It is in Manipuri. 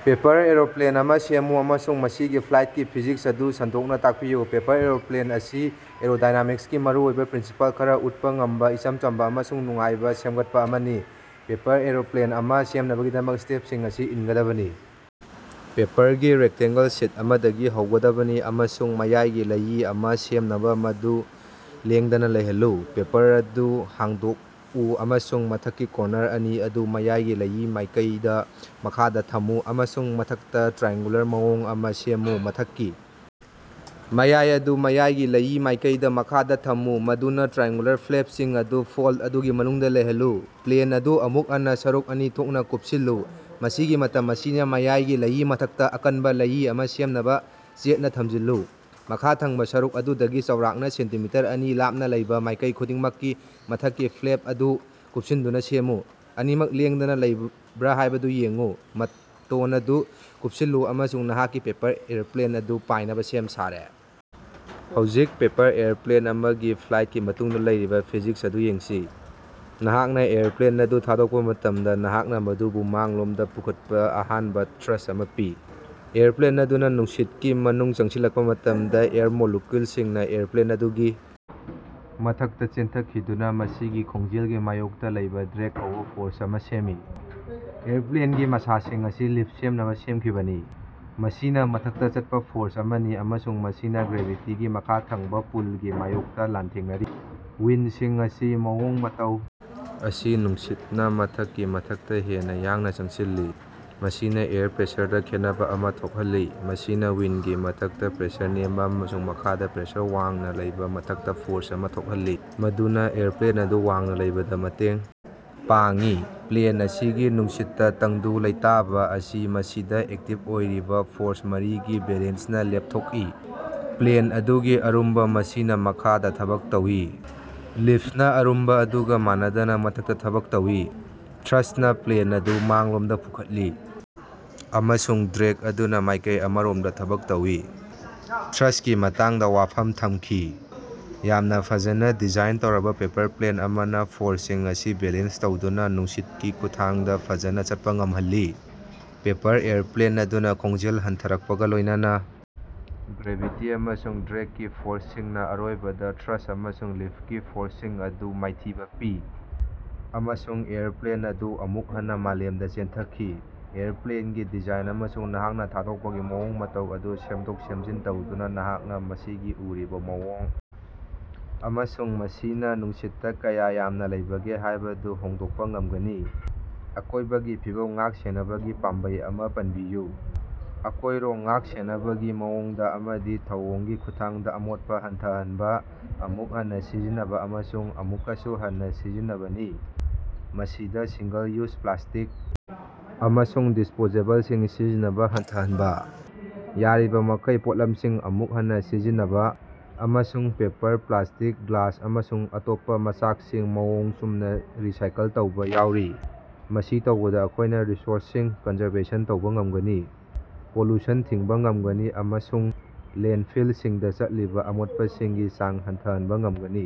ꯄꯦꯄꯔ ꯑꯦꯔꯣꯄ꯭ꯂꯦꯟ ꯑꯃ ꯁꯦꯝꯃꯨ ꯑꯃꯁꯨꯡ ꯃꯁꯤꯒꯤ ꯐ꯭ꯂꯥꯏꯠꯀꯤ ꯐꯤꯖꯤꯛꯁ ꯑꯗꯨ ꯁꯟꯗꯣꯛꯅ ꯇꯥꯛꯄꯤꯌꯨ꯫ ꯄꯦꯄꯔ ꯑꯦꯔꯣꯄ꯭ꯂꯦꯟ ꯑꯁꯤ ꯑꯦꯔꯣꯗꯥꯏꯅꯥꯃꯤꯛꯁꯀꯤ ꯃꯔꯨꯑꯣꯏꯕ ꯄ꯭ꯔꯤꯟꯁꯤꯄꯜ ꯈꯔ ꯎꯠꯄ ꯉꯝꯕ ꯏꯆꯝ ꯆꯝꯕ ꯑꯃꯁꯨꯡ ꯅꯨꯡꯉꯥꯏꯅꯕ ꯁꯦꯝꯒꯠꯄ ꯑꯃꯅꯤ꯫ ꯄꯦꯄꯔ ꯑꯦꯔꯣꯄ꯭ꯂꯦꯟ ꯑꯃ ꯁꯦꯝꯅꯕꯒꯤꯗꯃꯛ, ꯁ꯭ꯇꯦꯞꯁꯤꯡ ꯑꯁꯤ ꯏꯟꯒꯗꯕꯅꯤ: ꯄꯦꯄꯔꯒꯤ ꯔꯦꯛꯇꯦꯡꯒꯜ ꯁꯤꯠ ꯑꯃꯗꯒꯤ ꯍꯧꯒꯗꯕꯅꯤ ꯑꯃꯁꯨꯡ ꯃꯌꯥꯏꯒꯤ ꯂꯩꯏ ꯑꯃ ꯁꯦꯝꯅꯕ ꯃꯗꯨ ꯂꯦꯡꯗꯅ ꯂꯩꯍꯜꯂꯨ꯫ ꯄꯦꯄꯔ ꯑꯗꯨ ꯍꯥꯡꯗꯣꯛꯎ ꯑꯃꯁꯨꯡ ꯃꯊꯛꯀꯤ ꯀꫭꯟꯅꯔ ꯑꯅꯤ ꯑꯗꯨ ꯃꯌꯥꯏꯒꯤ ꯂꯩꯏꯒꯤ ꯃꯥꯏꯀꯩꯗ ꯃꯈꯥꯗ ꯊꯝꯃꯨ ꯑꯃꯁꯨꯡ ꯃꯊꯛꯇ ꯇ꯭ꯔꯥꯑꯦꯡꯒꯨꯂꯔ ꯃꯑꯣꯡ ꯑꯃ ꯁꯦꯝꯃꯨ꯫ ꯃꯊꯛꯀꯤ ꯃꯌꯥꯏ ꯑꯗꯨ ꯃꯌꯥꯏꯒꯤ ꯂꯩꯏꯒꯤ ꯃꯥꯏꯀꯩꯗ ꯃꯈꯥꯗ ꯊꯝꯃꯨ ꯃꯗꯨꯅ ꯇ꯭ꯔꯥꯑꯦꯡꯒꯨꯂꯔ ꯐ꯭ꯂꯦꯞꯁꯤꯡ ꯑꯗꯨ ꯐꯣꯜꯗ ꯑꯗꯨꯒꯤ ꯃꯅꯨꯡꯗ ꯂꯩꯍꯜꯂꯨ꯫ ꯄ꯭ꯂꯦꯟ ꯑꯗꯨ ꯑꯃꯨꯛ ꯍꯟꯅ ꯁꯔꯨꯛ ꯑꯅꯤ ꯊꯣꯛꯅ ꯀꯨꯞꯁꯤꯜꯂꯨ, ꯃꯁꯤꯒꯤ ꯃꯇꯝ ꯑꯁꯤꯅ ꯃꯌꯥꯏꯒꯤ ꯂꯩꯏꯒꯤ ꯃꯊꯛꯇ, ꯑꯀꯟꯕ ꯂꯩꯏ ꯑꯃ ꯁꯦꯝꯅꯕ ꯆꯦꯠꯅ ꯊꯝꯖꯤꯜꯂꯨ꯫ ꯃꯈꯥ ꯊꯪꯕ ꯁꯔꯨꯛ ꯑꯗꯨꯗꯒꯤ ꯆꯥꯎꯔꯥꯛꯅ ꯁꯦꯟꯇꯤꯃꯤꯇꯔ ꯑꯅꯤ ꯂꯥꯞꯅ ꯂꯩꯕ ꯃꯥꯏꯀꯩ ꯈꯨꯗꯤꯡꯃꯛꯀꯤ ꯃꯊꯛꯀꯤ ꯐ꯭ꯂꯦꯞ ꯑꯗꯨ ꯀꯨꯞꯁꯤꯟꯗꯨꯅ ꯁꯦꯝꯃꯨ, ꯑꯅꯤꯃꯛ ꯂꯦꯡꯗꯅ ꯂꯩꯕ꯭ꯔꯥ ꯍꯥꯏꯕꯗꯨ ꯌꯦꯡꯎ꯫ ꯃꯇꫭꯟ ꯑꯗꯨ ꯀꯨꯞꯁꯤꯜꯂꯨ ꯑꯃꯁꯨꯡ ꯅꯍꯥꯛꯀꯤ ꯄꯦꯄꯔ ꯑꯦꯌꯔꯄ꯭ꯂꯦꯟ ꯑꯗꯨ ꯄꯥꯏꯅꯕ ꯁꯦꯝ ꯁꯥꯔꯦ! ꯍꯧꯖꯤꯛ, ꯄꯦꯄꯔ ꯑꯦꯌꯔꯄ꯭ꯂꯦꯟ ꯑꯃꯒꯤ ꯐ꯭ꯂꯥꯏꯠꯀꯤ ꯃꯇꯨꯡꯗ ꯂꯩꯔꯤꯕ ꯐꯤꯖꯤꯛꯁ ꯑꯗꯨ ꯌꯦꯡꯁꯤ꯫ ꯅꯍꯥꯛꯅ ꯑꯦꯌꯔꯄ꯭ꯂꯦꯟ ꯑꯗꯨ ꯊꯥꯗꯣꯛꯄ ꯃꯇꯝꯗ, ꯅꯍꯥꯛꯅ ꯃꯗꯨꯕꯨ ꯃꯥꯡꯂꯣꯝꯗ ꯄꯨꯈꯠꯄ ꯑꯍꯥꯟꯕ ꯊ꯭ꯔꯁ ꯑꯃ ꯄꯤ꯫ ꯑꯦꯌꯔꯄ꯭ꯂꯦꯟ ꯑꯗꯨꯅ ꯅꯨꯡꯁꯤꯠꯀꯤ ꯃꯅꯨꯡꯗ ꯆꯪꯁꯤꯜꯂꯛꯄ ꯃꯇꯝꯗ, ꯑꯦꯌꯔ ꯃꯣꯂꯤꯀ꯭ꯌꯨꯜꯁꯤꯡꯅ ꯑꯦꯌꯔꯄ꯭ꯂꯦꯟ ꯑꯗꯨꯒꯤ ꯃꯊꯛꯇ ꯆꯦꯟꯊꯈꯤꯗꯨꯅ ꯃꯁꯤꯒꯤ ꯈꯣꯡꯖꯦꯜꯒꯤ ꯃꯥꯌꯣꯛꯇꯥ ꯂꯩꯕꯥ ꯗ꯭ꯔꯦꯒ ꯀꯧꯕ ꯐꯣꯔꯁ ꯑꯃ ꯁꯦꯝꯃꯤ꯫ ꯑꯦꯌꯔꯄ꯭ꯂꯦꯟꯒꯤ ꯃꯁꯥꯁꯤꯡ ꯑꯁꯤ ꯂꯤꯐ ꯁꯦꯝꯅꯕ ꯁꯦꯝꯈꯤꯕꯅꯤ, ꯃꯁꯤꯅ ꯃꯊꯛꯇ ꯆꯠꯄ ꯐꯣꯔꯁ ꯑꯃꯅꯤ ꯑꯃꯁꯨꯡ ꯃꯁꯤꯅ ꯒ꯭ꯔꯦꯚꯤꯇꯤꯒꯤ ꯃꯈꯥ ꯊꯪꯕ ꯄꯨꯜꯒꯤ ꯃꯥꯌꯣꯛꯇ ꯂꯥꯟꯊꯦꯡꯅꯔꯤ꯫ ꯋꯤꯟꯁꯤꯡ ꯑꯁꯤ ꯃꯑꯣꯡ-ꯃꯇꯧ ꯑꯁꯤ ꯅꯨꯡꯁꯤꯠꯅ ꯃꯊꯛꯀꯤ ꯃꯊꯛꯇ ꯍꯦꯟꯅ ꯌꯥꯡꯅ ꯆꯪꯁꯤꯜꯂꯤ꯫ ꯃꯁꯤꯅ ꯑꯦꯌꯔ ꯄ꯭ꯔꯦꯁꯔꯗ ꯈꯦꯠꯅꯕ ꯑꯃꯥ ꯊꯣꯛꯍꯜꯂꯤ, ꯃꯁꯤꯅ ꯋꯤꯟꯒꯤ ꯃꯊꯛꯇꯥ ꯄ꯭ꯔꯦꯁꯔ ꯅꯦꯝꯕ ꯑꯃꯁꯨꯡ ꯃꯈꯥꯗꯥ ꯄ꯭ꯔꯦꯁꯔ ꯋꯥꯡꯅ ꯂꯩꯕ ꯃꯊꯛꯇ ꯐꯣꯔꯁ ꯑꯃ ꯊꯣꯛꯍꯜꯂꯤ ꯃꯗꯨꯅ ꯑꯦꯌꯔꯄ꯭ꯂꯦꯟ ꯑꯗꯨ ꯋꯥꯡꯅ ꯂꯩꯕꯗ ꯃꯇꯦꯡ ꯄꯥꯡꯏ꯫ ꯄ꯭ꯂꯦꯟ ꯑꯁꯤꯒꯤ ꯅꯨꯡꯁꯤꯠꯇ ꯇꯪꯗꯨ ꯂꯩꯇꯥꯕ ꯑꯁꯤ ꯃꯁꯤꯗ ꯑꯦꯛꯇꯤꯕ ꯑꯣꯏꯔꯤꯕ ꯐꯣꯔꯁ ꯃꯔꯤꯒꯤ ꯕꯦꯂꯦꯟꯁꯅ ꯂꯦꯞꯊꯣꯛꯏ꯫ ꯄ꯭ꯂꯦꯟ ꯑꯗꯨꯒꯤ ꯑꯔꯨꯝꯕ ꯑꯁꯤꯅ ꯃꯈꯥꯗ ꯊꯕꯛ ꯇꯧꯏ, ꯂꯤꯐꯅ ꯑꯔꯨꯝꯕ ꯑꯗꯨꯒ ꯃꯥꯟꯅꯗꯅ ꯃꯊꯛꯇ ꯊꯕꯛ ꯇꯧꯏ, ꯊ꯭ꯔꯁꯅ ꯄ꯭ꯂꯦꯟ ꯑꯗꯨ ꯃꯥꯡꯂꯣꯝꯗ ꯄꯨꯈꯠꯂꯤ, ꯑꯃꯁꯨꯡ ꯗ꯭ꯔꯦꯒ ꯑꯗꯨꯅ ꯃꯥꯏꯀꯩ ꯑꯃꯔꯣꯝꯗ ꯊꯕꯛ ꯇꯧꯏ꯫ ꯊ꯭ꯔꯁꯀꯤ ꯃꯇꯥꯡꯗ ꯋꯥꯐꯝ ꯊꯝꯈꯤ꯫ ꯌꯥꯝꯅ ꯐꯖꯅ ꯗꯤꯖꯥꯏꯟ ꯇꯧꯔꯕ ꯄꯦꯄꯔ ꯄ꯭ꯂꯦꯟ ꯑꯃꯅ ꯐꯣꯔꯁꯁꯤꯡ ꯑꯁꯤ ꯕꯦꯂꯦꯟꯁ ꯇꯧꯗꯨꯅ ꯅꯨꯡꯁꯤꯠꯀꯤ ꯈꯨꯠꯊꯥꯡꯗ ꯐꯖꯅ ꯆꯠꯄ ꯉꯝꯍꯜꯂꯤ꯫ ꯄꯦꯄꯔ ꯑꯦꯌꯔꯄ꯭ꯂꯦꯟ ꯑꯗꯨꯅ ꯈꯣꯡꯖꯦꯜ ꯍꯟꯊꯔꯛꯄꯒ ꯂꯣꯏꯅꯅ, ꯒ꯭ꯔꯦꯚꯤꯇꯤ ꯑꯃꯁꯨꯡ ꯗ꯭ꯔꯦꯒꯀꯤ ꯐꯣꯔꯁꯁꯤꯡꯅ ꯑꯔꯣꯏꯕꯗ ꯊ꯭ꯔꯁ ꯑꯃꯁꯨꯡ ꯂꯤꯐꯀꯤ ꯐꯣꯔꯁꯁꯤꯡ ꯑꯗꯨ ꯃꯥꯏꯊꯤꯕ ꯄꯤ, ꯑꯃꯁꯨꯡ ꯑꯦꯌꯔꯄ꯭ꯂꯦꯟ ꯑꯗꯨ ꯑꯃꯨꯛ ꯍꯟꯅ ꯃꯥꯂꯦꯝꯗ ꯆꯦꯟꯊꯈꯤ꯫ ꯑꯦꯌꯔꯄ꯭ꯂꯦꯟꯒꯤ ꯗꯤꯖꯥꯏꯟ ꯑꯃꯁꯨꯡ ꯅꯍꯥꯛꯅ ꯊꯥꯗꯣꯛꯄꯒꯤ ꯃꯑꯣꯡ ꯃꯇꯧ ꯑꯗꯨ ꯁꯦꯝꯗꯣꯛ-ꯁꯦꯝꯖꯤꯟ ꯇꯧꯗꯨꯅ, ꯅꯍꯥꯛꯅ ꯃꯁꯤꯒꯤ ꯎꯔꯤꯕ ꯃꯑꯣꯡ ꯑꯃꯁꯨꯡ ꯃꯁꯤꯅ ꯅꯨꯡꯁꯤꯠꯇ ꯀꯌꯥ ꯌꯥꯝꯅ ꯂꯩꯕꯒꯦ ꯍꯥꯏꯕꯗꯨ ꯍꯣꯡꯗꯣꯛꯄ ꯉꯝꯒꯅꯤ꯫ ꯑꯀꯣꯏꯕꯒꯤ ꯐꯤꯕꯝ ꯉꯥꯛ-ꯁꯦꯟꯅꯕꯒꯤ ꯄꯥꯝꯕꯩ ꯑꯃ ꯄꯟꯕꯤꯌꯨ꯫ ꯑꯀꯣꯏꯔꯣꯟ ꯉꯥꯛ-ꯁꯦꯟꯅꯕꯒꯤ ꯃꯑꯣꯡ ꯑꯃꯗꯤ ꯊꯧꯑꯣꯡꯒꯤ ꯈꯨꯠꯊꯥꯡꯗ ꯑꯃꯣꯠꯄ ꯍꯟꯊꯍꯟꯕ, ꯑꯃꯨꯛ ꯍꯟꯅ ꯁꯤꯖꯤꯟꯅꯕ ꯑꯃꯁꯨꯡ ꯑꯃꯨꯛꯀꯁꯨ ꯍꯟꯅ ꯁꯤꯖꯤꯟꯅꯕꯅꯤ꯫ ꯃꯁꯤꯗ ꯁꯤꯡꯒꯜ-ꯌꯨꯖ ꯄ꯭ꯂꯥꯁꯇꯤꯛ ꯑꯃꯁꯨꯡ ꯗꯤꯁꯄꯣꯖꯦꯕꯜꯁꯤꯡ ꯁꯤꯖꯤꯟꯅꯕ ꯍꯟꯊꯍꯟꯕ, ꯌꯥꯔꯤꯕꯃꯈꯩ ꯄꯣꯠꯂꯝꯁꯤꯡ ꯑꯃꯨꯛ ꯍꯟꯅ ꯁꯤꯖꯤꯟꯅꯕ, ꯑꯃꯁꯨꯡ ꯄꯦꯄꯔ, ꯄ꯭ꯂꯥꯁꯇꯤꯛ, ꯒ꯭ꯂꯥꯁ ꯑꯃꯁꯨꯡ ꯑꯇꯣꯞꯄ ꯃꯆꯥꯛꯁꯤꯡ ꯃꯑꯣꯡ ꯆꯨꯝꯅ ꯔꯤꯁꯥꯏꯀꯜ ꯇꯧꯕ ꯌꯥꯎꯔꯤ꯫ ꯃꯁꯤ ꯇꯧꯕꯗ ꯑꯩꯈꯣꯏꯅ ꯔꯤꯁꯣꯔꯁꯁꯤꯡ ꯀꯟꯖꯔꯕꯦꯁꯟ ꯇꯧꯕ ꯉꯝꯒꯅꯤ, ꯄꯣꯂꯨꯁꯟ ꯊꯤꯡꯕ ꯉꯝꯒꯅꯤ ꯑꯃꯁꯨꯡ ꯂꯦꯟꯐꯤꯜꯁꯤꯡꯗ ꯆꯠꯂꯤꯕ ꯑꯃꯣꯠꯄꯁꯤꯡꯒꯤ ꯆꯥꯡ ꯍꯟꯊꯍꯟꯕ ꯉꯝꯒꯅꯤ꯫